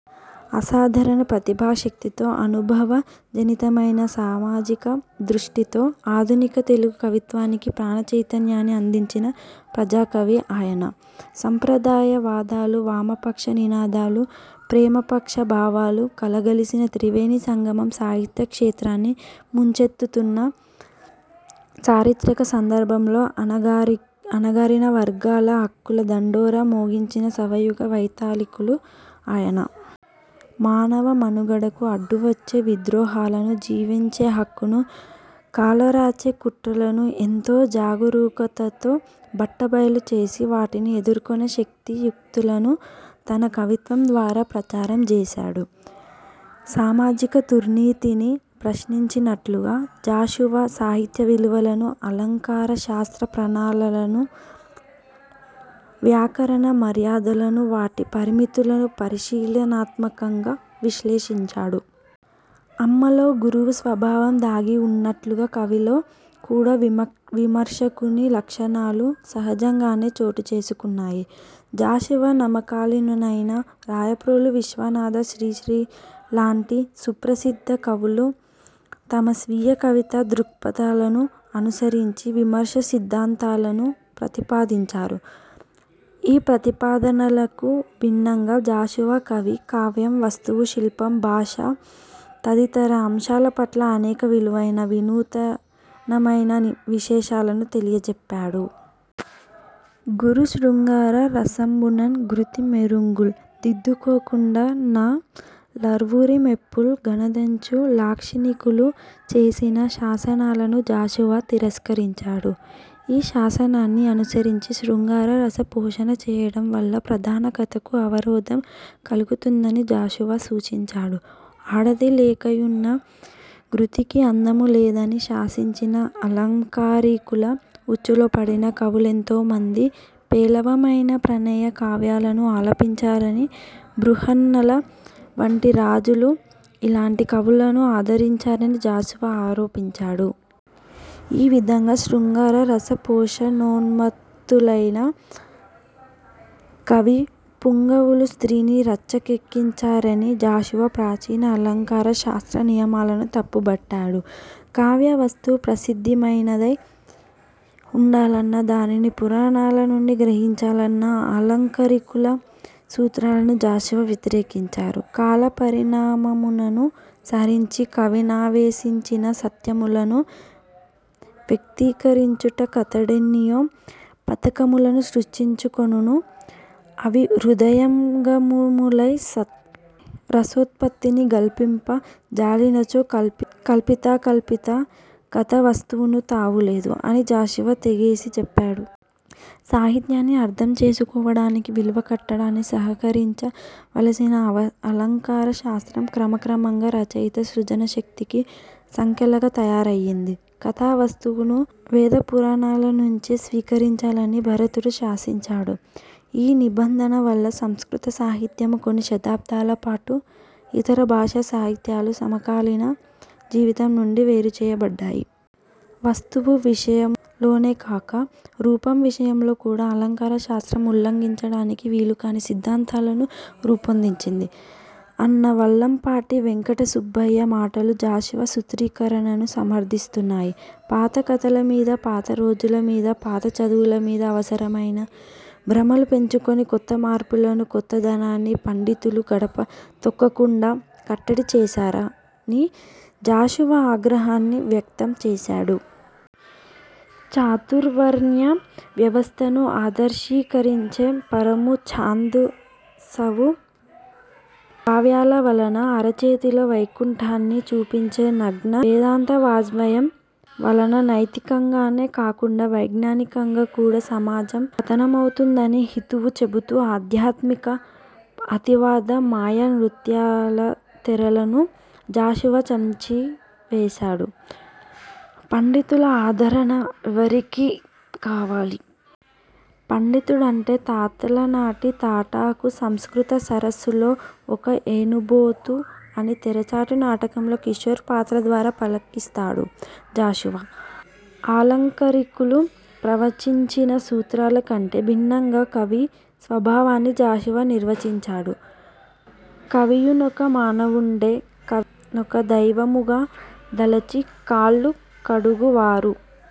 అసాధారణ ప్రతిభాశక్తితో అనుభవజనితమైన సామాజిక దృష్టితో ఆధునిక తెలుగు కవిత్వానికి ప్రాణ చైతన్యాన్ని అందించిన ప్రజాకవి ఆయన. సంప్రదాయ వాదాలు, వామపక్ష నినాదాలు, 'ప్రేమ' పక్ష భావాలు కలగలసిన త్రివేణి సంగమం సాహిత్య క్షేత్రాన్ని ముంచెత్తుతున్న చారిత్రక సందర్భంలో అణగారిన వర్గాల హక్కుల దండోరా మోగించిన నవయుగ వైతాళికుడు ఆయన. మానవ మనుగడకు అడ్డువచ్చే విద్రోహాలను, జీవించేహక్కును కాలరాచే కుట్రలను ఎంతో జాగురూకతతో బట్టబయలు చేసి, వాటిని ఎదుర్కొనే శక్తియుక్తులను తన కవిత్వం ద్వారా ప్రచారం జేశాడు. సామాజిక దుర్నీతిని ప్రశ్నించినట్లుగానే జాషువా సాహిత్య విలువలను, అలంకార శాస్త్ర ప్రమాణాలను, వ్యాకరణ మర్యాదలను, వాటి పరిమితులను పరిశీలనాత్మకంగా విశ్లేషించాడు. అమ్మలో గురువు స్వభావం దాగి ఉన్నట్లుగా కవిలో కూడా విమర్శకుని లక్షణాలు సహజంగానే చోటుచేసుకుంటాయి. జాషువా సమకాలీనులైన రాయప్రోలు, విశ్వనాథ, శ్రీశ్రీ లాంటి సుప్రసిద్థ కవులు తమ స్వీయ కవితా దృక్పథాలను అనుసరించి విమర్శ సిద్థాంతాలను ప్రతిపాదించారు. ఈ ప్రతిపాదనలకు భిన్నంగా జాషువా కవి, కావ్యం, వస్తువు, శిల్పం, భాష తదితర అంశాలపట్ల అనేక విలువైన, వినూతనమైన విశేషాలను తెలియజెప్పాడు. ''గురు శృంగార రసంబునన్ గృతి మెఱుంగుల్ దిద్దుకోకుండ న/ లర్వురిమెప్పుల్ గనదంచు'' లాక్షణికులు చేసిన శాసనాలను జాషువా తిరస్కరించాడు. ఈ శాసనాన్ని అనుసరించి శృంగార రస పోషణ చేయడం వల్ల ప్రధాన కథకు అవరోధం కలుగుతుందని జాషువా సూచించాడు. ''ఆడది లేకయున్న గృతికి అందములేదని'' శాసించిన ఆలంకారీకుల ఉచ్చులో పడిన కవులెంతోమంది పేలవమైన ప్రణయ కావ్యాలను ఆలపించారని, బృహన్నల వంటి రాజులు ఇలాంటి కవులను ఆదరించారని జాషువా ఆరోపించాడు. ఈ విధంగా శృంగార రస పోషణోన్మత్తులైన కవి పుంగవులు స్త్రీని రచ్చకెక్కించారని జాషువా ప్రాచీన అలంకార శాస్త్ర నియమాలను తప్పుబట్టాడు. కావ్య వస్తువు ప్రసిద్ధమైనదై ఉండాలన్న, దానిని పురాణాల నుండి గ్రహించాలన్న ఆలంకారికుల సూత్రాలను జాషువా వ్యతిరేకించాడు. ''కాల పరిణామమునను సరించి కవినావేసించిన సత్యములను వ్యక్తీకరించుటకతడెన్నియో పథకములను సృష్టించుకొనును అవి హృదయంగమములై రసోత్పత్తిని గల్గింప జాలినచో కల్పితాకల్పితా కథా వస్తువుకు తావులేదు'' అని జాషువా తెగేసి చెప్పాడు. ''సాహిత్యాన్ని అర్థం చేసుకోవడానికి, విలువ కట్టడానికి సహకరించ వలసిన అలంకార శాస్త్రం క్రమక్రమంగా రచయిత సృజనశక్తికి సంకెలగా తయారయ్యింది. కథా వస్తువును వేదపురాణాలనుంచే స్వీకరించాలని భరతుడు శాసించాడు. ఈ నిబంధన వల్ల సంస్కృత సాహిత్యము, కొన్ని శతాబ్దాలపాటు ఇతర భాషా సాహిత్యాలు సమకాలీన జీవితం నుండి వేరుచేయబడ్డాయి. వస్తువు విషయములోనేకాక రూపం విషయంలో కూడా అలంకార శాస్త్రం ఉల్లంఘించడానికి వీలుకాని సిద్థాంతాలను రూపొందించింది'' అన్న వల్లంపాటి వెంకటసుబ్బయ్య మాటలు జాషువా సూత్రీకరణను సమర్థిస్తున్నాయి. ''పాత కథల మీద, పాత రోజుల మీద, పాత చదువుల మీద అనవసరమైన భ్రమలు పెంచుకొని, కొత్త మార్పులను, కొత్తదనాన్ని పండితులు గడప తొక్కకుండా కట్టడి చేశార''ని జాషువా ఆగ్రహాన్ని వ్యక్తం చేశాడు. చాతుర్వర్ణ్య వ్యవస్థను ఆదర్శీకరించే 'పరమ ఛాందసపు కావ్యాల' వలన, అరచేతిలో వైకుంఠాన్ని చూపించే 'నగ్న వేదాంత వాజ్మయం' వలన నైతికంగానే కాకుండా వైజ్ఞానికంగా కూడా సమాజం పతనమవుతుందని హితవు చెబుతూ ఆధ్యాత్మిక అతివాద ''మాయ నృత్యాల తెరల''ను జాషువా చించివేశాడు. ''పండితుల ఆదరణ ఎవరికి కావాలి? పండితుడంటే తాతలనాటి తాటాకు, సంస్కృత సరస్సులో ఒక ఎనుబోతు'' అని తెరచాటు నాటకంలో కిశోర్ పాత్ర ద్వారా పలకిస్తాడు జాషువా. ఆలంకారికులు ప్రవచించిన సూత్రాలకంటే భిన్నంగా కవి స్వభావాన్ని జాషువా నిర్వచించాడు. ''కవియునొక మానవుండే / కవినొక దైవముగ దలచి కాళ్ళు కడుగువారు''